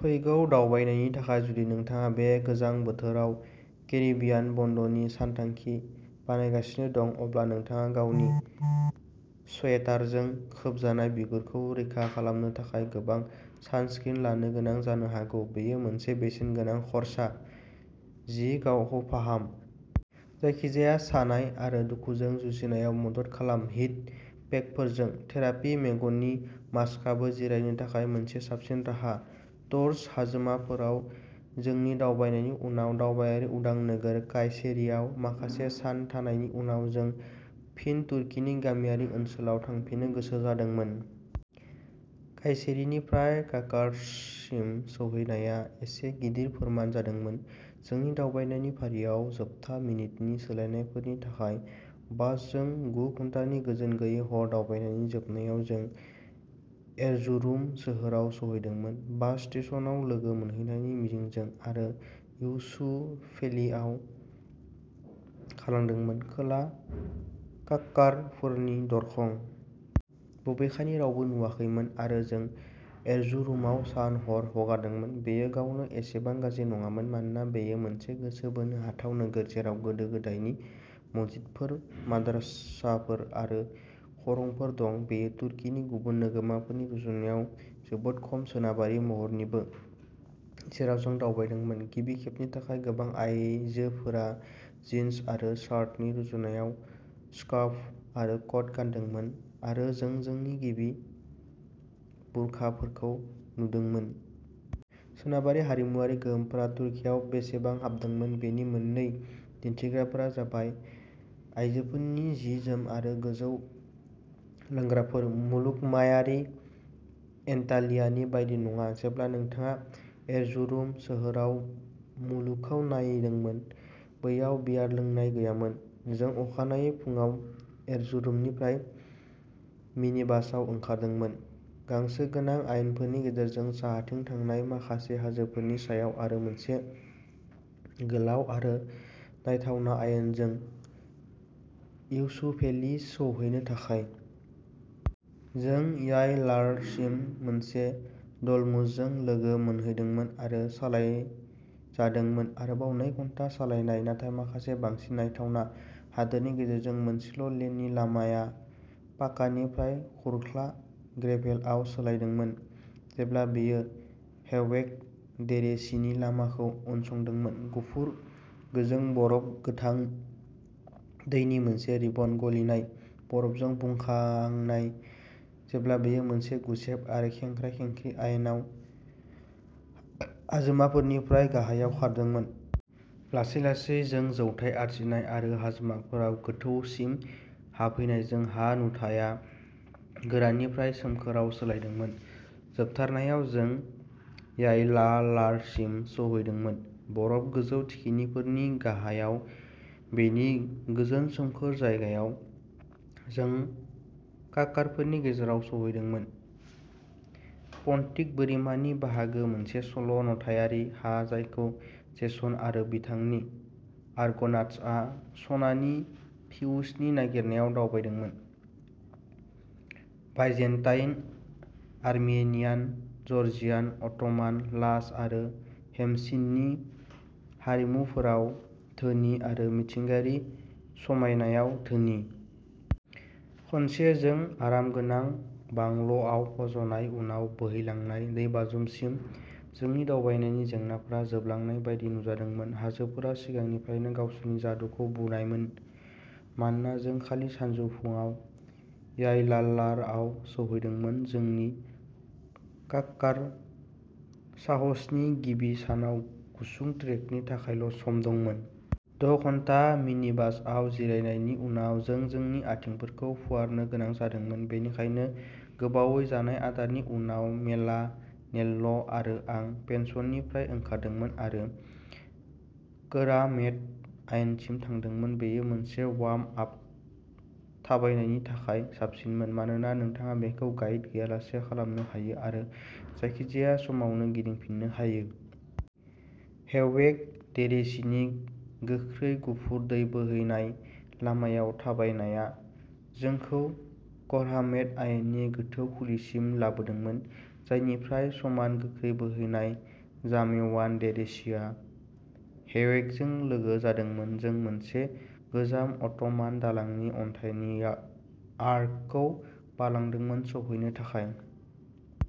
फैगौ दावबायनायनि थाखाय जुदि नोंथाङा बे गोजां बोथोराव केरिबियान बन्द'नि सानथांखि बानायगासिनो दं, अब्ला नोंथाङा गावनि स्वेटारजों खोबजानाय बिगुरखौ रैखा खालामनो थाखाय गोबां सानस्क्रिन लानो गोनां जानो हागौ। बेयो मोनसे बेसेनगोनां खर्सा। जि गावखौ फाहाम जायखिजाया सानाय आरो दुखुजों जुजिनायाव मदद खालाम हिट पेकफोरजों। थेरापि मेगननि मास्कआबो जिरायनो थाखाय मोनसे साबसिन राहा। टौरस हाजोमाफोराव जोंनि दावबायनायनि उनाव दावबायारि उदां नोगोर कायसेरीआव माखासे सान थानायनि उनाव जों फिन तुर्कीनि गामियारि ओनसोलाव थांफिननो गोसो जादोंमोन। कायसेरीनिफ्राय काकार्ससिम सौहैनाया एसे गिदिर फोरमान जादोंमोन, जोंनि दावबायनायनि फारियाव जोबथा मिनिटनि सोलायनायफोरनि थाखाय। बासजों गु घन्टानि गोजोन गैयै हर दावबायनायनि जोबनायाव, जों एरजुरुम सोहोराव सौहैदोंमोन, बास स्टेशनआव लोगो मोनहैनायनि मिजिंजों। आरो इउसुफेलिआव खारलांदोंमोन, खोला काक्कारफोरनि दरखं। बबेखानि, रावबो नुजायाखैमोन आरो जों एरजुरुमाव सान हर हगारदोंमोन। बेयो गावनो एसेबां गाज्रि नङामोन। मानोना बेयो मोनसे गोसो बोनो हाथाव नोगोर, जेराव गोदो-गोदायनि मस्जिदफोर, माद्रासाफोर आरो खरंफोर दं। बेयो तुर्कीनि गुबुन नोगोरमाफोरनि रुजुनायाव जोबोद खम सोनाबारि महरनिबो, जेराव जों दावबायदोंमोन। गिबि खेबनि थाखाय गोबां आयजोफोरा जिन्स आरो शार्टनि रुजुनायाव स्कार्फ आरो कट गानदोंमोन आरो जों जोंनि गिबि बुरखाफोरखौ नुदोंमोन। सोनाबारि हारिमुआरि गोहोमफोरा तुर्कीआव बेसेबां हाबदोंमोन बेनि मोननै दिन्थिग्राफोरा जाबाय आयजोफोरनि जि-जोम आरो गोजौ लोंग्राफोर, मुलुगमायारि एन्टालियानि बायदि नङा, जेब्ला नोंथाङा एरजुरुम सोहोराव मुलुगखौ नायदोंमोन। बैयाव बियार लोंनाय गैयामोन। जों अखानायै फुङाव एरजुरुमनिफ्राय मिनिबासआव ओंखारदोंमोन, गांसो गोनां आयेनफोरनि गेजेरजों साहाथिं थांनाय, माखासे हाजोफोरनि सायाव आरो मोनसे गोलाव आरो नायथावना आयेनजों इउसुफेलि सौहैनो थाखाय। जों यायलालारसिम मोनसे डल्मुसजों लोगो मोनहैदोंमोन आरो सालायजादोंमोन आरोबाव नै घन्टा सालायनाय। नाथाय माखासे बांसिन नायथावना हादोरनि गेजेरजों मोनसेल' लेननि लामाया पाकानिफ्राय खुरख्ला ग्रेभेलआव सोलायदोंमोन, जेब्ला बेयो हेवेक डेरेसिनि लामाखौ उनसंदोंमोन। गुफुर गोजों बरफ गोथां दैनि मोनसे रिबन गलिनाय बरफजों बुखांनाय, जेब्ला बेयो मोनसे गुसेब आरो खेंख्रा-खेंख्रि आयेनआव हाजोमाफोरनिफ्राय गाहायाव खारदोंमोन। लासै लासै, जों जौथाय आरजिनाय आरो हाजोमाफोराव गोथौसिम हाबफैनायजों हा नुथाया गोराननिफ्राय सोमखोरआव सोलायदोंमोन। जोबथारनायाव जों यायलालारसिम सौहैदोंमोन, बरफ गोजौ थिखिनिफोरनि गाहायाव बेनि गोजोन सोमखोर जायगायाव। जों काक्कारफोरनि गेजेराव सौहैदोंमोन, पन्टिक बोरिमानि बाहागो मोनसे सल' नथायारि हा जायखौ जेसन आरो बिथांनि आर्ग'नाट्सआ सनानि फिउसनि नागिरनायाव दावबायदोंमोन, बाइजेन्टाइन, आर्मेनियान, जर्जियान, अट'मान, लाज आरो हेमसिननि हारिमुफोराव धोनि आरो मिथिंगायारि समायनायाव धोनि। खनसे जों आरामगोनां बांल'आव फज'नाय उनाव बोहैलांनाय दैबाज्रुमसिम, जोंनि दावबायनायनि जेंनाफोरा जोबलांनाय बायदि नुजादोंमोन। हाजोफोरा सिगांनिफ्रायनो गावसोरनि जादुखौ बुनायमोन। मानोना जों खालि सानजौफुआव यायलालारआव सौहैदोंमोन। जोंनि काक्कार साहसनि गिबि सानाव गुसुं ट्रेकनि थाखायल' सम दंमोन। द' घन्टा मिनिबासआव जिरायनायनि उनाव जों जोंनि आथिंफोरखौ फुवारनो गोनां जादोंमोन। बेनिखायनो गोबावै जानाय आदारनि उनाव मेला नेल्ल' आरो आं पेन्सननिफ्राय ओंखारदोंमोन आरो कोराहमेट हायेनसिम थांदोंमोन। बेयो मोनसे वार्म आप थाबायनायनि थाखाय साबसिनमोन। मानोना नोंथाङा बेखौ गाइड गैयालासे खालामनो हायो आरो जायखिजाया समावनो गिदिंफिन्नो हायो। हेवेक डेरेसिनि गोख्रै गुफुर दै बोहैनाय लामायाव थाबायनायआ जोंखौ कोराहमेट हायेननि गोथौ खुलिसिम लाबोदोंमोन, जायनिफ्राय समान गोख्रै बोहैनाय जामेवान डेरेसिआ हेवेकजों लोगो जादोंमोन। जों मोनसे गोजाम अट'मान दालांनि अन्थाइनि आ-आर्कखौ बारलांदोंमोन सौहैनो थाखाय।